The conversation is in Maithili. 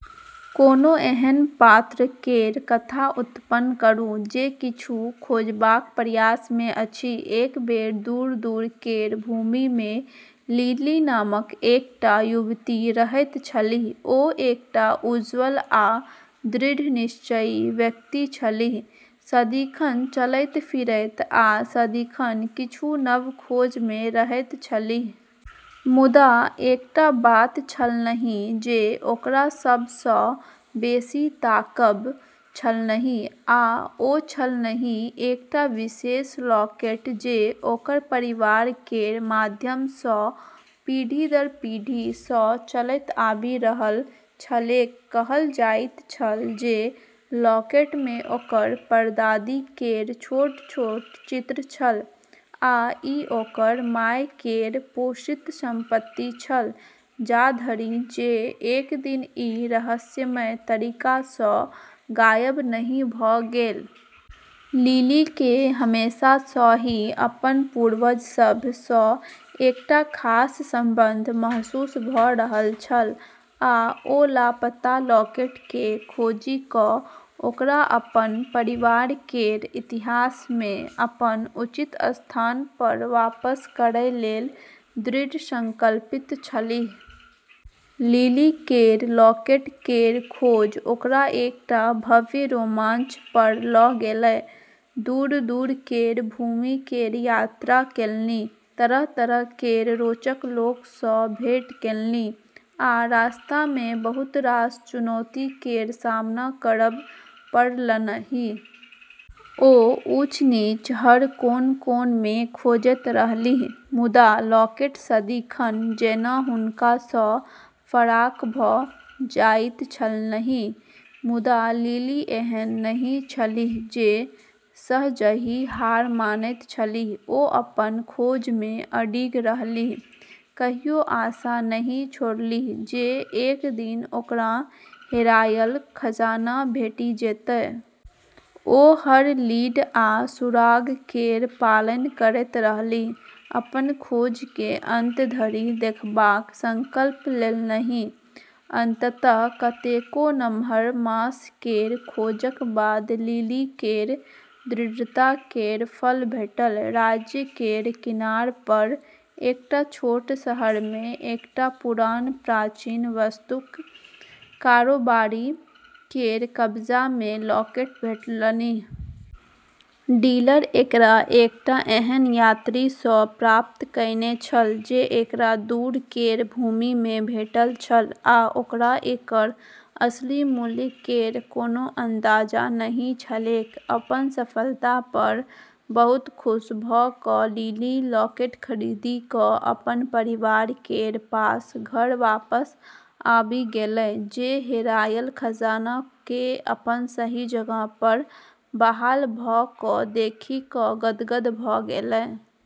कोनो एहन पात्र केर कथा उत्पन्न करू जे किछु खोजबाक प्रयास मे अछि। एक बेर दूर-दूर केर भूमि मे लिली नामक एकटा युवती रहैत छलीह। ओ एकटा उज्ज्वल आ दृढ़ निश्चयी व्यक्ति छलीह, सदिखन चलैत-फिरैत आ सदिखन किछु नव खोज मे रहैत छलीह। मुदा एकटा बात छलन्हि जे ओकरा सब सँ बेसी ताकब छलन्हि आ ओ छलन्हि एकटा विशेष लॉकेट जे ओकर परिवार केर माध्यम सँ पीढ़ी-दर-पीढ़ी सँ चलैत आबि रहल छलैक। कहल जाइत छल जे लॉकेट मे ओकर परदादी केर छोट-छोट चित्र छल आ ई ओकर माय केर पोषित संपत्ति छल, जाधरि जे एक दिन ई रहस्यमय तरीका सँ गायब नहि भऽ गेल। लिली केँ हमेशा सँ ही अपन पूर्वज सभ सँ एकटा खास संबंध महसूस भऽ रहल छल आ ओ लापता लॉकेट केँ खोजि कऽ ओकरा अपन परिवार केर इतिहास मे अपन उचित स्थान पर वापस करै लेल दृढ़ संकल्पित छलीह। लिली केर लॉकेट केर खोज ओकरा एकटा भव्य रोमांच पर लऽ गेलै। दूर-दूर केर भूमि केर यात्रा केलनि, तरह-तरह केर रोचक लोक सँ भेंट केलनि, आ रास्ता मे बहुत रास चुनौती केर सामना करब पड़लन्हि। ओ ऊँच-नीच, हर कोन-कोन मे खोजैत रहलीह, मुदा लॉकेट सदिखन जेना हुनका सँ फराक भऽ जाइत छलन्हि। मुदा लिली एहन नहि छलीह जे सहजहि हार मानैत छलीह। ओ अपन खोज मे अडिग रहलीह, कहियो आशा नहि छोड़लीह जे एक दिन ओकरा हेरायल खजाना भेटि जेतै। ओ हर लीड आ सुराग केर पालन करैत रहलीह, अपन खोज केँ अंत धरि देखबाक संकल्प लेलन्हि। अंततः कतेको नमहर मास केर खोजक बाद लिली केर दृढ़ता केर फल भेटल। राज्य केर किनार पर एकटा छोट शहर मे एकटा पुरान प्राचीन वस्तुक कारोबारी केर कब्जा मे लॉकेट भेटलन्हि। डीलर एकरा एकटा एहन यात्री सँ प्राप्त कएने छल जे एकरा दूर केर भूमि मे भेटल छल आ ओकरा एकर असली मूल्य केर कोनो अंदाजा नहि छलैक। अपन सफलता पर बहुत खुश भऽ कऽ लिली लॉकेट खरीदी कऽ अपन परिवार केर पास घर वापस आबि गेलै, जे हेरायल खजाना केँ अपन सही जगह पर बहाल भऽ कऽ देखि कऽ गदगद भऽ गेलै।